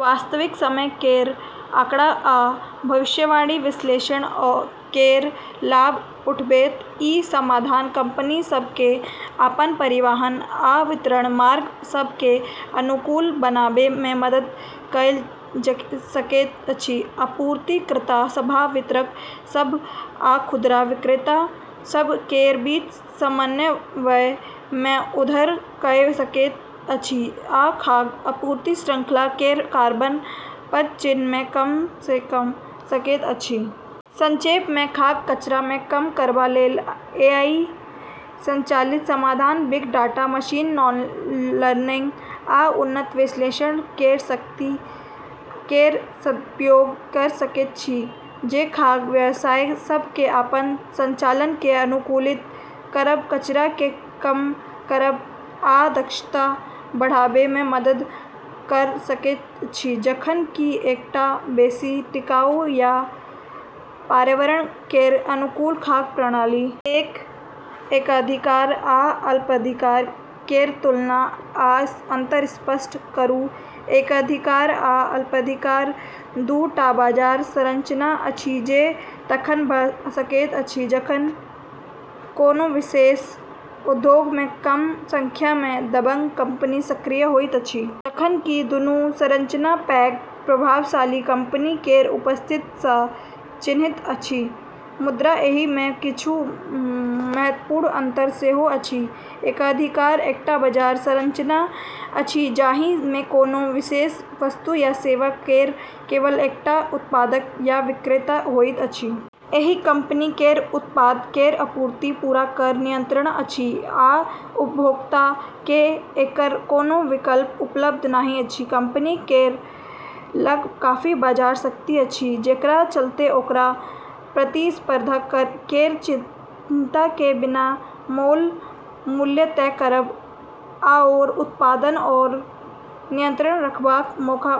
वास्तविक समय केर आँकड़ा आ भविष्यवाणी विश्लेषण केर लाभ उठबैत ई समाधान कंपनी सभ केँ अपन परिवहन आ वितरण मार्ग सभ केँ अनुकूल बनाबै मे मदद कऽ सकैत अछि, आपूर्तिकर्ता सभ, वितरक सभ आ खुदरा विक्रेता सभ केर बीच समन्वय मे सुधार कऽ सकैत अछि आ खाद्य आपूर्ति श्रृंखला केर कार्बन पदचिह्न केँ कम कऽ सकैत अछि। संक्षेप मे, खाद्य कचरा केँ कम करबा लेल एआई संचालित समाधान बिग डाटा, मशीन लर्निंग, आ उन्नत विश्लेषण केर शक्ति केर सदुपयोग कऽ सकैत अछि, जे खाद्य व्यवसाय सभ केँ अपन संचालन केँ अनुकूलित करब, कचरा केँ कम करब, आ दक्षता बढ़ाबै मे मदद कऽ सकैत अछि, जखन कि एकटा बेसि टिकाऊ आ पर्यावरण केर अनुकूल खाद्य प्रणाली। एक एकाधिकार आ अल्पाधिकार केर तुलना आ अंतर स्पष्ट करू। एकाधिकार आ अल्पाधिकार दू टा बाजार संरचना अछि जे तखन भऽ सकैत अछि जखन कोनो विशेष उद्योग मे कम संख्या मे दबंग कंपनी सक्रिय होइत अछि। जखन कि दुनू संरचना पैघ, प्रभावशाली कंपनी केर उपस्थिति सँ चिन्हित अछि, मुदा एहि मे किछु महत्वपूर्ण अंतर सेहो अछि। एकाधिकार एकटा बाजार संरचना अछि जाहि मे कोनो विशेष वस्तु या सेवा केर केवल एकटा उत्पादक या विक्रेता होइत अछि। एहि कंपनी केर उत्पाद केर आपूर्ति पर पूरा नियंत्रण अछि, आ उपभोक्ता केँ एकर कोनो विकल्प उपलब्ध नहि अछि। कंपनी केर लग काफी बाजार शक्ति अछि, जेकरा चलते ओकरा प्रतिस्पर्धा केर चिंता केँ बिना मोल मूल्य तय करब आओर उत्पादन पर नियंत्रण रखबाक मौका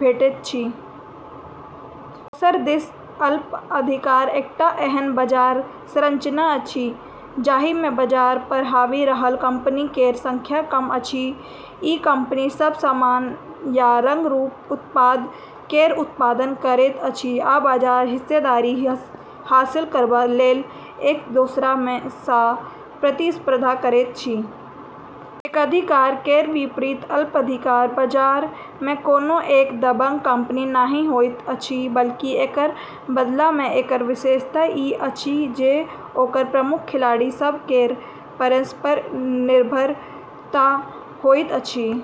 भेटैत छै। दोसर दिस अल्पाधिकार एकटा एहन बाजार संरचना अछि जाहि मे बाजार पर हावी रहल कंपनी केर संख्या कम अछि। ई कंपनी सभ समान या रंग-रूप उत्पाद केर उत्पादन करैत अछि आ बाजार हिस्सेदारी हासिल करबा लेल एक दोसरा सँ प्रतिस्पर्धा करैत अछि। एकाधिकार केर विपरीत अल्पाधिकार बाजार मे कोनो एक दबंग कंपनी नहि होइत अछि, बल्कि एकर बदला मे एकर विशेषता ई अछि जे ओकर प्रमुख खिलाड़ी सभ केर परस्पर निर्भरता होइत अछि।